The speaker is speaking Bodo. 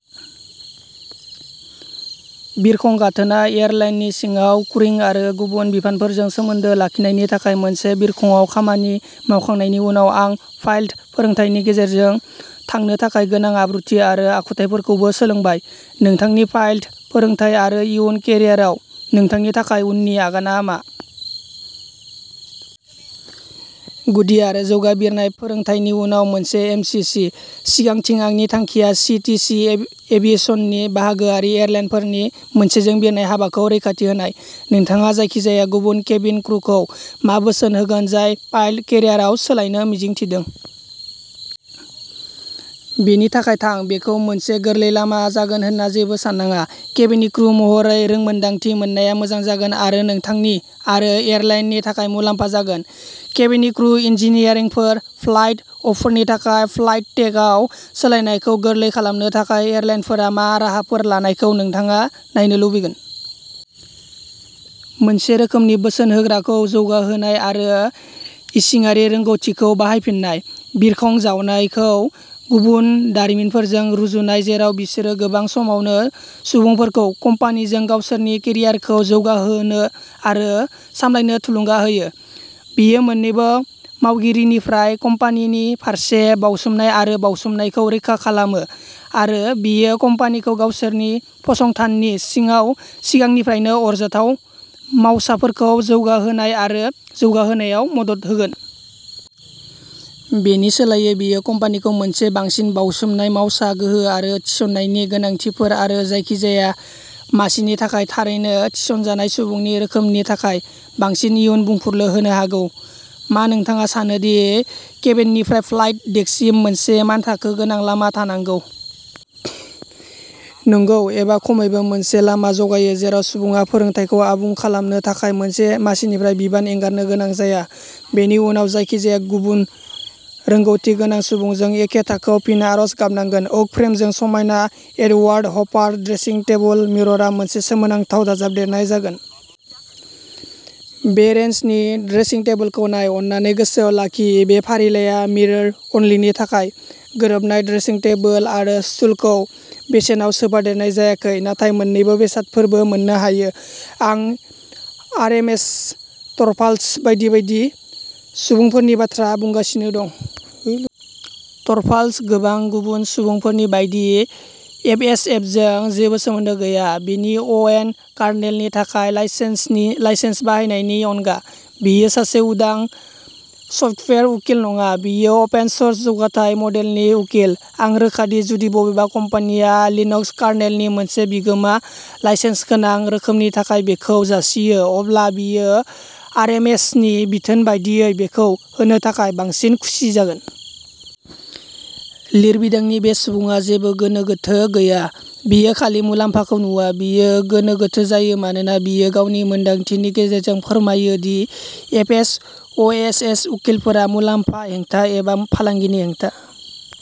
बिरखं गाथोना एयारलाइननि सिङाव क्रुइं आरो गुबुन बिफानफोरजों सोमोन्दो लाखिनायनि थाखाय मोनसे बिरखंआव खामानि मावखांनायनि उनाव आं पाइलट फोरोंथायनि गेजेरजों थांनो थाखाय गोनां आब्रुथि आरो आखुथायखौबो सोलोंबाय। नोंथांनि पाइलट फोरोंथाय आरो इयुन केरियाराव नोंथांनि थाखाय उननि आगानआ मा? गुदि आरो जौगा बिरनाय फोरोंथायनि उनाव मोनसे एम सि सि। सिगांथिं, आंनि थांखिया सि टि सि एभियेसननि बाहागोआरि एयारलाइनफोरनि मोनसेजों बिरनाय हाबाखौ रैखाथि होनाय। नोंथाङा जायखिजाया गुबुन केबिन क्रुखौ मा बोसोन होगोन जाय पाइलट केरियारआव सोलायनो मिजिं थिदों? बेनि थाखाय थां! बेखौ मोनसे गोरलै लामा जागोन होन्ना जेबो साननाङा। केबिन क्रु महरै रोंमोनदांथि मोननाया मोजां जागोन आरो नोंथांनि आरो एयारलाइननि थाखाय मुलाम्फा जागोन। केबिन क्रु इनजिनियारफोर, फ्लाइट अपफोरनि थाखाय फ्लाइट डेकआव सोलायनायखौ गोरलै खालामनो थाखाय एयारलाइनफोरा मा राहाफोर लानायखौ नोंथाङा नायनो लुबैगोन? मोनसे रोखोमनि बोसोन होग्राखौ जौगाहोनाय आरो इसिङारि रोंग'थिखौ बाहायफिननाय। बिरखं जावनायखौ गुबुन दारिमिनफोरजों रुजुननाय जेराव बिसोरो गोबां समावनो सुबुंफोरखौ कम्पानिजों गावसोरनि केरियारखौ जौगाहोनो आरो सामलायनो थुलुंगा होयो। बेयो मोननैबो मावगिरिनिफ्राय कम्पानिनि फारसे बाउसोमनाय आरो बाउसोमनायखौ रोखा खालामो आरो बेयो कम्पानिखौ गावसोरनि फसंथाननि सिङाव सिगांनिफ्रायनो आरजाथाव मावसाफोरखौ जौगाहोनाय आरो जौगाहोनायाव मदद होगोन। बेनि सोलायै बेयो कम्पानिखौ मोनसे बांसिन बावसोमनाय मावसा गोहो आरो थिसननायनि गोनांथिफोर आरो जायखिजाया मासिनि थाखाय थारैनो थिसनजानाय सुबुंनि रोखोमनि थाखाय बांसिन इयुन बुंफुरलु होनो हागौ। मा नोंथाङा सानो दि केबिननिफ्राय फ्लाइट डेकसिम मोनसे मानथाखो गोनां लामा थानांगौ? नंगौ, एबा खमैबो मोनसे लामा जगायो जेराव सुबुङा फोरोंथायखौ आबुं खालामनो थाखाय मोनसे मासिनिफ्राय बिबान एंगारनो गोनां जाया, बेनि उनाव जायखिजाया गुबुन रोंग'थि गोनां सुबुंजों एखे थाखोआव फिन आरज गाबनांगोन। ओक फ्रेमजों समायना एडवार्ड हपार ड्रेसिं टेबल मिररआ मोनसे सोमोनांथाव दाजाबदेरनाय जागोन। बे रेन्जनि ड्रेसिं टेबोलखौ नाय। अन्नानै गोसोआव लाखि बे फारिलाइआ मिरर अनलिनि थाखाय। गोरोबनाय ड्रेसिं टेबोल आरो स्टुलखौ बेसेनाव सोफादेरनाय जायाखै, नाथाय मोन्नैबो बेसादफोरबो मोननो हायो। आं आरएमएस, टरभाल्ड्स बायदि बायदि सुबुंफोरनि बाथ्रा बुंगासिनो दं। टरभाल्ड्स, गोबां गुबुन सुबुंफोरनि बायदि, एफएसएफजों जेबो सोमोन्दो गैया, बिनि अ एस कार्नेलनि थाखाय लाइसेन्सनि लाइसेन्स बाहायनायनि अनगा। बियो सासे उदां सफ्टवेयार उकिल नङा, बियो अपेन सोर्स जौगाथाय मडेलनि उकिल। आं रोखा दि जुदि बबेबा कम्पानिया लिनक्स कार्नेलनि मोनसे बिगोमा लाइसेन्सगोनां रोखोमनि थाखाय बिखौ जासियो, अब्ला बियो आरएमएसनि बिथोन बायदियै बेखौ होनो थाखाय बांसिन खुसि जागोन। लिरबिदांनि बे सुबुङा जेबो गोनो गोथो गैया, बियो खालि मुलाम्फाखौ नुवा। बियो गोनो गोथो जायो मानोना बियो गावनि मोनदांथिनि गेजेरजों फोरमायो D FS, O S S उकिलफोरा मुलाम्फा हेंथा एबा फालांगिनि हेंथा।